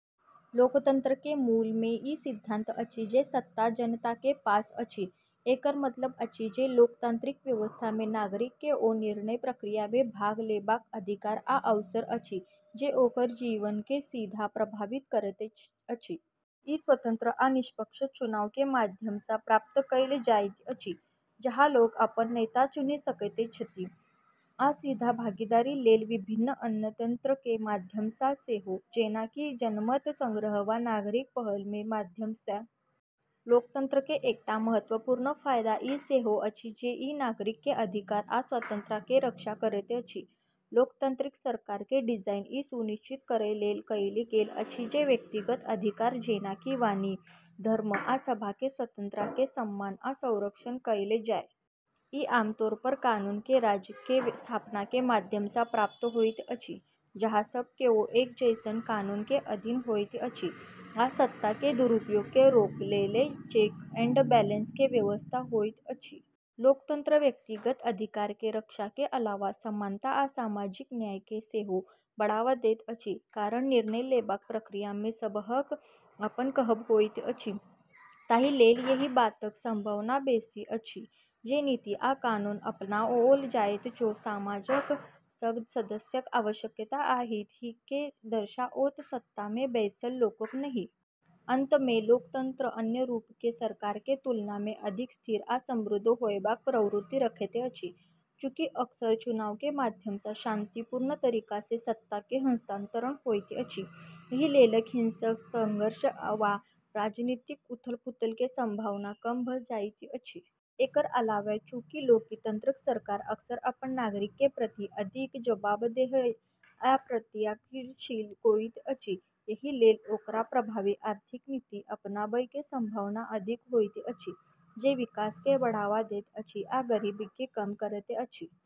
लोकतंत्र के मूल मे ई सिद्धांत अछि जे सत्ता जनता के पास अछि। एकर मतलब अछि जे लोकतांत्रिक व्यवस्था मे नागरिक केँ ओ निर्णय प्रक्रिया मे भाग लेबाक अधिकार आ अवसर अछि जे ओकर जीवन केँ सीधा प्रभावित करैत अछि। ई स्वतंत्र आ निष्पक्ष चुनाव के माध्यम सँ प्राप्त कएल जाइत अछि, जहाँ लोग अपन नेता चुनि सकैत छथि, आ सीधा भागीदारी लेल विभिन्न अन्य तंत्र के माध्यम सँ सेहो, जेना कि जनमत संग्रह वा नागरिक पहल के माध्यम सँ। लोकतंत्र के एकटा महत्वपूर्ण फायदा ई सेहो अछि जे ई नागरिक के अधिकार आ स्वतंत्रता के रक्षा करैत अछि। लोकतांत्रिक सरकार के डिजाइन ई सुनिश्चित करय लेल कएल गेल अछि जे व्यक्तिगत अधिकार, जेना कि वाणी, धर्म, आ सभा के स्वतंत्रता के सम्मान आ संरक्षण कएल जाए। ई आमतौर पर कानून के राज के स्थापना के माध्यम सँ प्राप्त होइत अछि, जहाँ सब केओ एक जैसन कानून के अधीन होइत अछि आ सत्ता के दुरुपयोग के रोकय लेल चेक एंड बैलेंस के व्यवस्था होइत अछि। लोकतंत्र व्यक्तिगत अधिकार के रक्षा के अलावे समानता आ सामाजिक न्याय के सेहो बढ़ावा दैत अछि। कारण निर्णय लेबाक प्रक्रिया मे सबहक अपन कहब होइत अछि, ताहि लेल एहि बातक संभावना बेसी अछि जे नीति आ कानून अपनाओल जायत ओ समाजक सब सदस्यक आवश्यकता आ हित केँ दर्शाओत, सत्ता मे बैसल लोकक नहि। अंत मे, लोकतंत्र अन्य रूप के सरकार के तुलना मे अधिक स्थिर आ समृद्ध होयबाक प्रवृत्ति रखैत अछि। चूँकि अक्सर चुनाव के माध्यम सँ शांतिपूर्ण तरीका सँ सत्ता के हस्तांतरण होइत अछि, एहि लेल हिंसक संघर्ष वा राजनीतिक उथल-पुथल के संभावना कम भ' जाइत अछि। एकर अलावे, चूँकि लोकतांत्रिक सरकार अक्सर अपन नागरिक के प्रति अधिक जवाबदेह आ प्रतिक्रियाशील होइत अछि, एहि लेल ओकरा प्रभावी आर्थिक नीति अपनाबय के संभावना अधिक होइत अछि जे विकास केँ बढ़ावा दैत अछि आ गरीबी केँ कम करैत अछि।